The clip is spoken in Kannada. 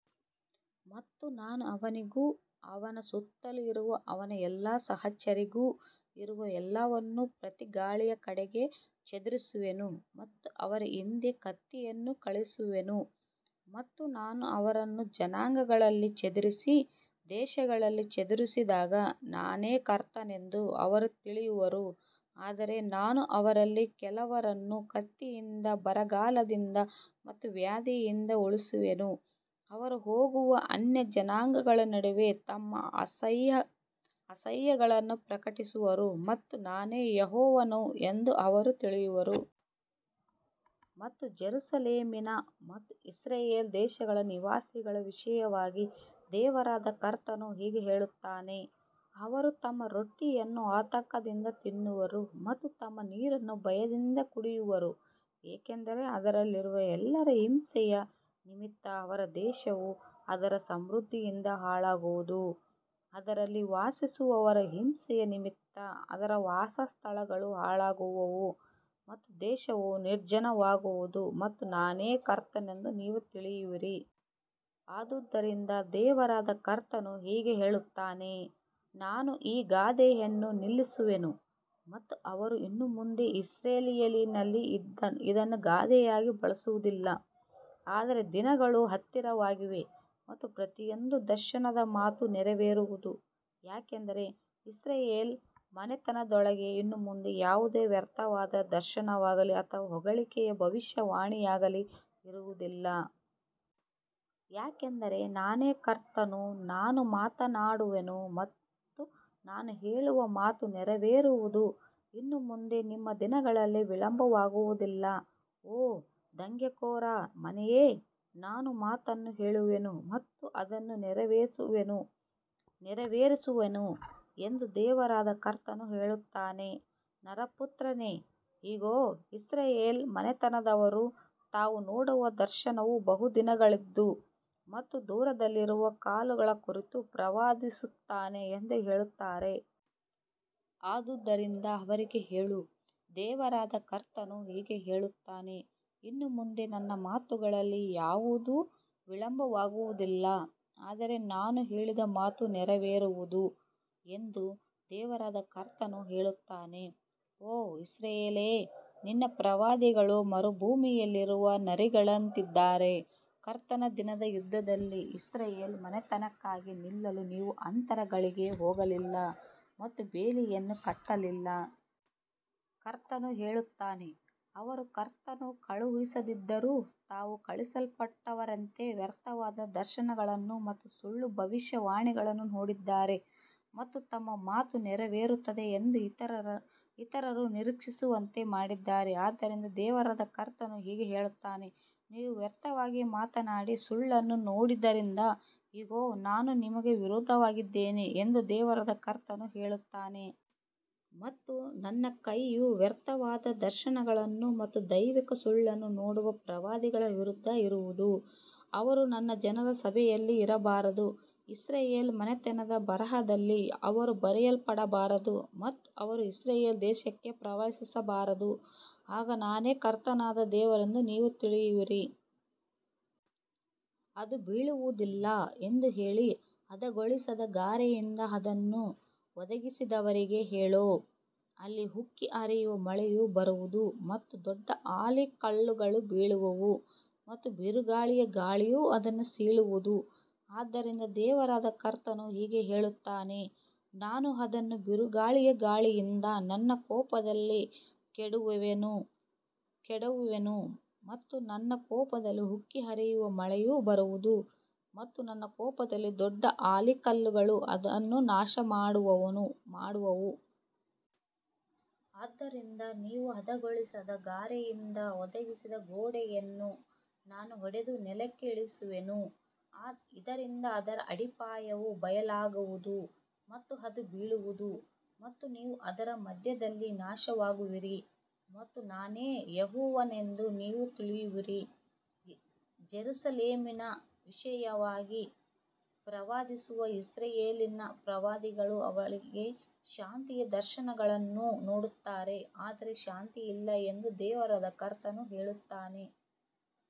ಮತ್ತು ನಾನು ಅವನಿಗೂ ಅವನ ಸುತ್ತಲೂ ಇರುವ ಅವನ ಎಲ್ಲಾ ಸಹಚರರಿಗೂ ಇರುವ ಎಲ್ಲವನ್ನೂ ಪ್ರತಿ ಗಾಳಿಯ ಕಡೆಗೆ ಚದುರಿಸುವೆನು ಮತ್ತು ಅವರ ಹಿಂದೆ ಕತ್ತಿಯನ್ನು ಕಳುಹಿಸುವೆನು. ಮತ್ತು ನಾನು ಅವರನ್ನು ಜನಾಂಗಗಳಲ್ಲಿ ಚದರಿಸಿ ದೇಶಗಳಲ್ಲಿ ಚದುರಿಸಿದಾಗ ನಾನೇ ಕರ್ತನೆಂದು ಅವರು ತಿಳಿಯುವರು. ಆದರೆ ನಾನು ಅವರಲ್ಲಿ ಕೆಲವರನ್ನು ಕತ್ತಿಯಿಂದ, ಬರಗಾಲದಿಂದ ಮತ್ತು ವ್ಯಾಧಿಯಿಂದ ಉಳಿಸುವೆನು, ಅವರು ಹೋಗುವ ಅನ್ಯಜನಾಂಗಗಳ ನಡುವೆ ತಮ್ಮ ಅಸಹ್ಯಗಳನ್ನು ಪ್ರಕಟಿಸುವರು ಮತ್ತು ನಾನೇ ಯೆಹೋವನು ಎಂದು ಅವರು ತಿಳಿಯುವರು. ಮತ್ತು ಯೆರೂಸಲೇಮಿನ ಮತ್ತು ಇಸ್ರಾಯೇಲ್ ದೇಶದ ನಿವಾಸಿಗಳ ವಿಷಯವಾಗಿ ದೇವರಾದ ಕರ್ತನು ಹೀಗೆ ಹೇಳುತ್ತಾನೆ, ಅವರು ತಮ್ಮ ರೊಟ್ಟಿಯನ್ನು ಆತಂಕದಿಂದ ತಿನ್ನುವರು ಮತ್ತು ತಮ್ಮ ನೀರನ್ನು ಭಯದಿಂದ ಕುಡಿಯುವರು, ಏಕೆಂದರೆ ಅದರಲ್ಲಿರುವ ಎಲ್ಲರ ಹಿಂಸೆಯ ನಿಮಿತ್ತ ಅವರ ದೇಶವು ಅದರ ಸಮೃದ್ಧಿಯಿಂದ ಹಾಳಾಗುವುದು. ಅದರಲ್ಲಿ ವಾಸಿಸುವವರ ಹಿಂಸೆಯ ನಿಮಿತ್ತ ಅದರ ವಾಸಸ್ಥಳಗಳು ಹಾಳಾಗುವವು ಮತ್ತು ದೇಶವು ನಿರ್ಜನವಾಗುವುದು ಮತ್ತು ನಾನೇ ಕರ್ತನೆಂದು ನೀವು ತಿಳಿಯುವಿರಿ. ಆದ್ದರಿಂದ ದೇವರಾದ ಕರ್ತನು ಹೀಗೆ ಹೇಳುತ್ತಾನೆ, ನಾನು ಈ ಗಾದೆಯನ್ನು ನಿಲ್ಲಿಸುವೆನು ಮತ್ತು ಅವರು ಇನ್ನು ಮುಂದೆ ಇಸ್ರಾಯೇಲಿನಲ್ಲಿ ಇದನ್ನು ಗಾದೆಯಾಗಿ ಬಳಸುವುದಿಲ್ಲ. ಆದರೆ ದಿನಗಳು ಹತ್ತಿರವಾಗಿವೆ ಮತ್ತು ಪ್ರತಿಯೊಂದು ದರ್ಶನದ ಮಾತು ನೆರವೇರುವುದು. ಯಾಕಂದರೆ ಇಸ್ರಾಯೇಲ್ ಮನೆತನದೊಳಗೆ ಇನ್ನು ಮುಂದೆ ಯಾವುದೇ ವ್ಯರ್ಥವಾದ ದರ್ಶನವಾಗಲಿ ಅಥವಾ ಹೊಗಳಿಕೆಯ ಭವಿಷ್ಯವಾಣಿಯಾಗಲಿ ಇರುವುದಿಲ್ಲ. ಯಾಕಂದರೆ ನಾನೇ ಕರ್ತನು, ನಾನು ಮಾತನಾಡುವೆನು ಮತ್ತು ನಾನು ಹೇಳುವ ಮಾತು ನೆರವೇರುವುದು. ಇನ್ನು ಮುಂದೆ ನಿಮ್ಮ ದಿನಗಳಲ್ಲಿ ವಿಳಂಬವಾಗುವುದಿಲ್ಲ, ಓ ದಂಗೆಕೋರ ಮನೆಯೇ, ನಾನು ಮಾತನ್ನು ಹೇಳುವೆನು ಮತ್ತು ಅದನ್ನು ನೆರವೇರಿಸುವೆನು ಎಂದು ದೇವರಾದ ಕರ್ತನು ಹೇಳುತ್ತಾನೆ. ನರಪುತ್ರನೇ, ಇಗೋ, ಇಸ್ರಾಯೇಲ್ ಮನೆತನದವರು, ತಾವು ನೋಡುವ ದರ್ಶನವು ಬಹುದಿನಗಳದ್ದು ಮತ್ತು ದೂರದಲ್ಲಿರುವ ಕಾಲಗಳ ಕುರಿತು ಪ್ರವಾದಿಸುತ್ತಾನೆ ಎಂದು ಹೇಳುತ್ತಾರೆ. ಆದ್ದರಿಂದ ಅವರಿಗೆ ಹೇಳು, ದೇವರಾದ ಕರ್ತನು ಹೀಗೆ ಹೇಳುತ್ತಾನೆ, ಇನ್ನು ಮುಂದೆ ನನ್ನ ಮಾತುಗಳಲ್ಲಿ ಯಾವುದೂ ವಿಳಂಬವಾಗುವುದಿಲ್ಲ, ಆದರೆ ನಾನು ಹೇಳಿದ ಮಾತು ನೆರವೇರುವುದು ಎಂದು ದೇವರಾದ ಕರ್ತನು ಹೇಳುತ್ತಾನೆ. ಓ ಇಸ್ರಾಯೇಲೇ, ನಿನ್ನ ಪ್ರವಾದಿಗಳು ಮರುಭೂಮಿಯಲ್ಲಿರುವ ನರಿಗಳಂತಿದ್ದಾರೆ. ಕರ್ತನ ದಿನದ ಯುದ್ಧದಲ್ಲಿ ಇಸ್ರಾಯೇಲ್ ಮನೆತನಕ್ಕಾಗಿ ನಿಲ್ಲಲು ನೀವು ಅಂತರಗಳಿಗೆ ಹೋಗಲಿಲ್ಲ ಮತ್ತು ಬೇಲಿಯನ್ನು ಕಟ್ಟಲಿಲ್ಲ. ಕರ್ತನು ಹೇಳುತ್ತಾನೆ, ಅವರು ಕರ್ತನು ಕಳುಹಿಸದಿದ್ದರೂ ತಾವು ಕಳುಹಿಸಲ್ಪಟ್ಟವರಂತೆ ವ್ಯರ್ಥವಾದ ದರ್ಶನಗಳನ್ನು ಮತ್ತು ಸುಳ್ಳು ಭವಿಷ್ಯವಾಣಿಗಳನ್ನು ನೋಡಿದ್ದಾರೆ ಮತ್ತು ತಮ್ಮ ಮಾತು ನೆರವೇರುತ್ತದೆ ಎಂದು ಇತರರು ನಿರೀಕ್ಷಿಸುವಂತೆ ಮಾಡಿದ್ದಾರೆ. ಆದ್ದರಿಂದ ದೇವರಾದ ಕರ್ತನು ಹೀಗೆ ಹೇಳುತ್ತಾನೆ, ನೀವು ವ್ಯರ್ಥವಾಗಿ ಮಾತನಾಡಿ ಸುಳ್ಳನ್ನು ನೋಡಿದ್ದರಿಂದ, ಇಗೋ, ನಾನು ನಿಮಗೆ ವಿರುದ್ಧವಾಗಿದ್ದೇನೆ ಎಂದು ದೇವರಾದ ಕರ್ತನು ಹೇಳುತ್ತಾನೆ. ಮತ್ತು ನನ್ನ ಕೈಯು ವ್ಯರ್ಥವಾದ ದರ್ಶನಗಳನ್ನು ಮತ್ತು ದೈವಿಕ ಸುಳ್ಳನ್ನು ನೋಡುವ ಪ್ರವಾದಿಗಳ ವಿರುದ್ಧ ಇರುವುದು. ಅವರು ನನ್ನ ಜನರ ಸಭೆಯಲ್ಲಿ ಇರಬಾರದು, ಇಸ್ರಾಯೇಲ್ ಮನೆತನದ ಬರಹದಲ್ಲಿ ಅವರು ಬರೆಯಲ್ಪಡಬಾರದು ಮತ್ತು ಅವರು ಇಸ್ರಾಯೇಲ್ ದೇಶಕ್ಕೆ ಪ್ರವೇಶಿಸಬಾರದು. ಆಗ ನಾನೇ ಕರ್ತನಾದ ದೇವರೆಂದು ನೀವು ತಿಳಿಯುವಿರಿ. ಅದು ಬೀಳುವುದಿಲ್ಲ ಎಂದು ಹೇಳಿ ಹದಗೊಳಿಸದ ಗಾರೆಯಿಂದ ಅದನ್ನು ಹೊದಿಸಿದವರಿಗೆ ಹೇಳು, ಅಲ್ಲಿ ಉಕ್ಕಿ ಹರಿಯುವ ಮಳೆಯು ಬರುವುದು ಮತ್ತು ದೊಡ್ಡ ಆಲಿಕಲ್ಲುಗಳು ಬೀಳುವವು ಮತ್ತು ಬಿರುಗಾಳಿಯ ಗಾಳಿಯು ಅದನ್ನು ಸೀಳುವುದು. ಆದ್ದರಿಂದ ದೇವರಾದ ಕರ್ತನು ಹೀಗೆ ಹೇಳುತ್ತಾನೆ, ನಾನು ಅದನ್ನು ಬಿರುಗಾಳಿಯ ಗಾಳಿಯಿಂದ ನನ್ನ ಕೋಪದಲ್ಲಿ ಕೆಡವುವೆನು ಮತ್ತು ನನ್ನ ಕೋಪದಲ್ಲಿ ಉಕ್ಕಿ ಹರಿಯುವ ಮಳೆಯು ಬರುವುದು ಮತ್ತು ನನ್ನ ಕೋಪದಲ್ಲಿ ದೊಡ್ಡ ಆಲಿಕಲ್ಲುಗಳು ಅದನ್ನು ನಾಶಮಾಡುವವು. ಆದ್ದರಿಂದ ನೀವು ಹದಗೊಳಿಸದ ಗಾರೆಯಿಂದ ಹೊದಿಸಿದ ಗೋಡೆಯನ್ನು ನಾನು ಒಡೆದು ನೆಲಕ್ಕೆ ಇಳಿಸುವೆನು, ಇದರಿಂದ ಅದರ ಅಡಿಪಾಯವು ಬಯಲಾಗುವುದು ಮತ್ತು ಅದು ಬೀಳುವುದು ಮತ್ತು ನೀವು ಅದರ ಮಧ್ಯದಲ್ಲಿ ನಾಶವಾಗುವಿರಿ ಮತ್ತು ನಾನೇ ಯೆಹೋವನೆಂದು ನೀವು ತಿಳಿಯುವಿರಿ. ಯೆರೂಸಲೇಮಿನ ವಿಷಯವಾಗಿ ಪ್ರವಾದಿಸುವ ಇಸ್ರಾಯೇಲಿನ ಪ್ರವಾದಿಗಳು ಅವಳಿಗೆ ಶಾಂತಿಯ ದರ್ಶನಗಳನ್ನು ನೋಡುತ್ತಾರೆ, ಆದರೆ ಶಾಂತಿಯಿಲ್ಲ ಎಂದು ದೇವರಾದ ಕರ್ತನು ಹೇಳುತ್ತಾನೆ.